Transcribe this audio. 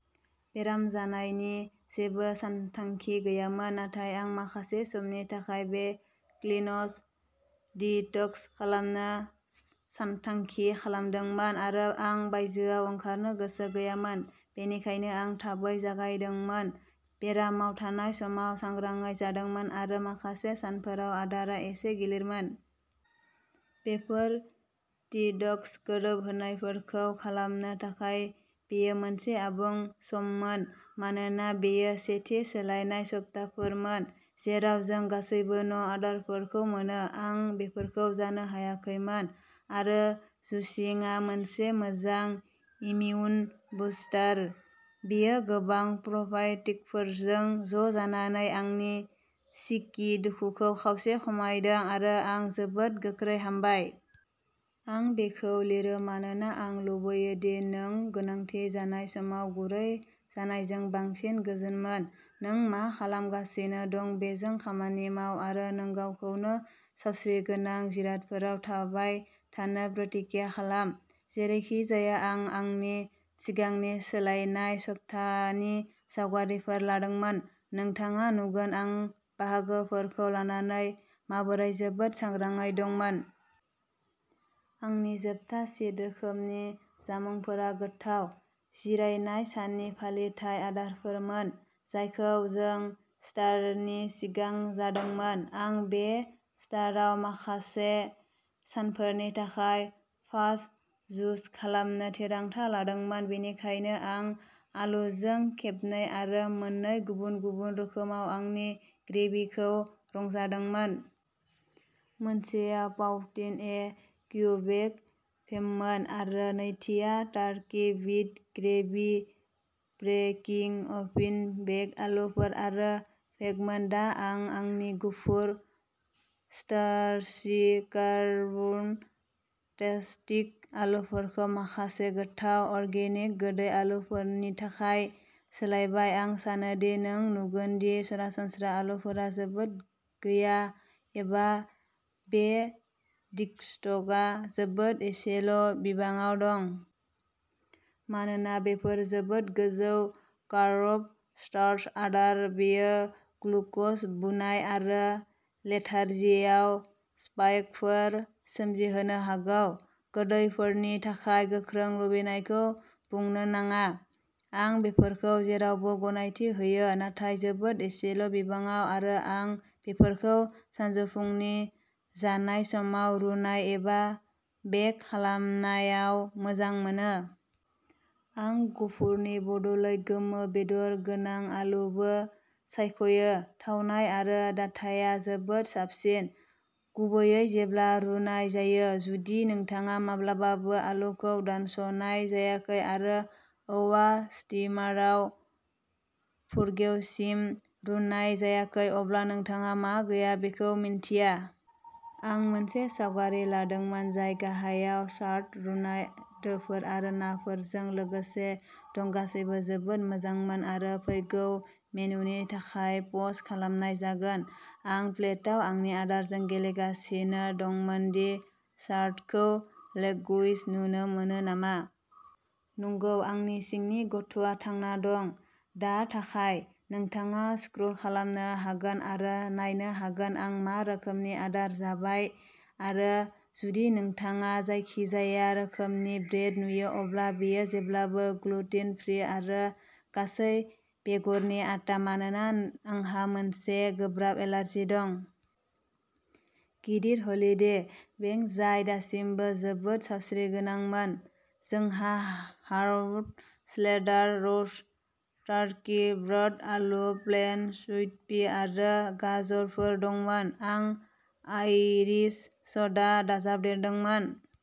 बेराम जानायनि जेबो सानथांखि गैयामोन, नाथाय आं माखासे समनि थाखाय बे क्लिनस/डिटक्स खालामनो सानथांखि खालामदोंमोन, आरो आं बायजोआव ओंखारनो गोसो गैयामोन। बेनिखायनो आं थाबै जागायदोंमोन, बेरामाव थानाय समाव सांग्राङै जादोंमोन आरो माखासे सानफोराव आदारआ एसे गिलिरमोन। बेफोर डिटक्स गोरोबहोनायफोरखौ खालामनो थाखाय बेयो मोनसे आबुं सममोन, मानोना बेयो सेथि सोलायनाय सप्ताफोरमोन, जेराव जों गासैबो न आदारफोरखौ मोनो। आं बेफोरखौ जानो हायाखैमोन, आरो जुसिंआ मोनसे मोजां इमिउन बुस्टार। बेयो गोबां प्र'बाय'टिकफोरजों ज'जानानै आंनि सिकि दुखुखौ खावसे खमायदों आरो आं जोबोद गोख्रै हामबाय। आं बेखौ लिरो मानोना आं लुबैयो दि नों गोनांथि जानाय समाव गुरै जानायजों बांसिन गोजोन मोन। नों मा खालामगासिनो दं बेजों खामानि माव आरो नोंगावखौनो सावस्रिगोनां जिरादफोराव थाबाय थानो प्रतिज्ञा खालाम। जेरैखिजाया, आं आंनि सिगांनि सोलायनाय सप्तानि सावगारिफोर लादोंमोन, नोंथाङा नुगोन आं बाहागोफोरखौ लानानै माबोरै जोबोद सांग्राङै दंमोन। आंनि जोबथा चिट रोखोमनि जामुंफोरा गोथाव जिरायनाय साननि फालिथाय आदारफोरमोन, जायखौ जों इस्टारनि सिगां जादोंमोन। आं बे इस्टाराव माखासे सानफोरनि थाखाय फास्ट जुस खालामनो थिरांथा लादोंमोन, बेनिखायनो आं आलुजों खेबनै आरो मोननै गुबुन-गुबुन रोखोमाव आंनि ग्रेभिखौ रंजादोंमोन। मोनसेया पाउटिन-ए क्यूबेक फेभमोन, आरो नैथिआ टार्कि विद ग्रेभि, ब्रेकिं अभेन बेक आलुफोर, आरो भेगमोन। दा आं आंनि गुफुर, स्टार्चि, कार्ब-टेस्टिक आलुफोरखौ माखासे गोथाव अर्गेनिक, गोदै आलुफोरनि थाखाय सोलायबाय। आं सानो दि नों नुगोन दि सरासनस्रा आलुफोरा जोबोद गैया एबा बे डिटक्सआव जोबोद एसेल'बिबाङाव दं। मानोना बेफोर जोबोद गोजौ कार्ब स्टार्च आदार; बेयो ग्लुक'ज, बुनाय, आरो लेथारजियाव स्पाइकफोर सोमजिहोनो हागौ; गोदैफोरनि थाखाय गोख्रों लुबैनायखौ बुंनो नाङा। आं बेफोरखौ जेरावबो गनायथि होयो नाथाय जोबोद एसेल'बिबाङाव आरो आं बेफोरखौ सानजौफुनि जानाय समाव, रुनाय एबा बेक खालामनायाव मोजां मोनो। आं गुफुरनि बदलै गोमो बेदर गोनां आलुबो सायख'यो। थावनाय आरो दाथाया जोबोद साबसिन, गुबैयै जेब्ला रुनाय जायो। जुदि नोंथाङा माब्लाबाबो आलुखौ दानस'नाय जायाखै आरो औवा स्टीमाराव फुरगेवसिम रुनाय जायाखै, अब्ला नोंथाङा मा गैया बेखौ मिन्थिया। आं मोनसे सावगारि लादोंमोन, जाय गाहायाव चार्ड, रुनाय दोफोर आरो नाफोरजों लोगोसे दङ-गासैबो जोबोद मोजांमोन आरो फैगौ मेनुनि थाखाय पस्ट खालामनाय जागोन। आं प्लेटाव आंनि आदारजों गेलेगासिनो दंमोन दि चार्डखौ लेग्ग'इश नुनो मोनो नामा। नंगौ! आंनि सिंनि गथ'आ थांना दं! दा थाखाय, नोंथाङा स्क्रल खालामनो हागोन आरो नायनो हागोन आं मा रोखोमनि आदार जाबाय आरो जुदि नोंथाङा जायखिजाया रोखोमनि ब्रेड नुयो, अब्ला बेयो जेब्लाबो ग्लुटेन-फ्री आरो गासै-बेगरनि आटा, मानोना आंहा मोनसे गोब्राब एलार्जि दं। गिदिर हलिदे बें जाय दासिमबो जोबोद सावस्रिगोनांमोन। जोंहा हार्ब स्लेदार र'स्ट टार्कि, ब्रास्ड आलु, प्लेन सुइटपी आरो गाजरफोर दंमोन। आं आइरिश स'डा दाजाबदेरदोंमोन।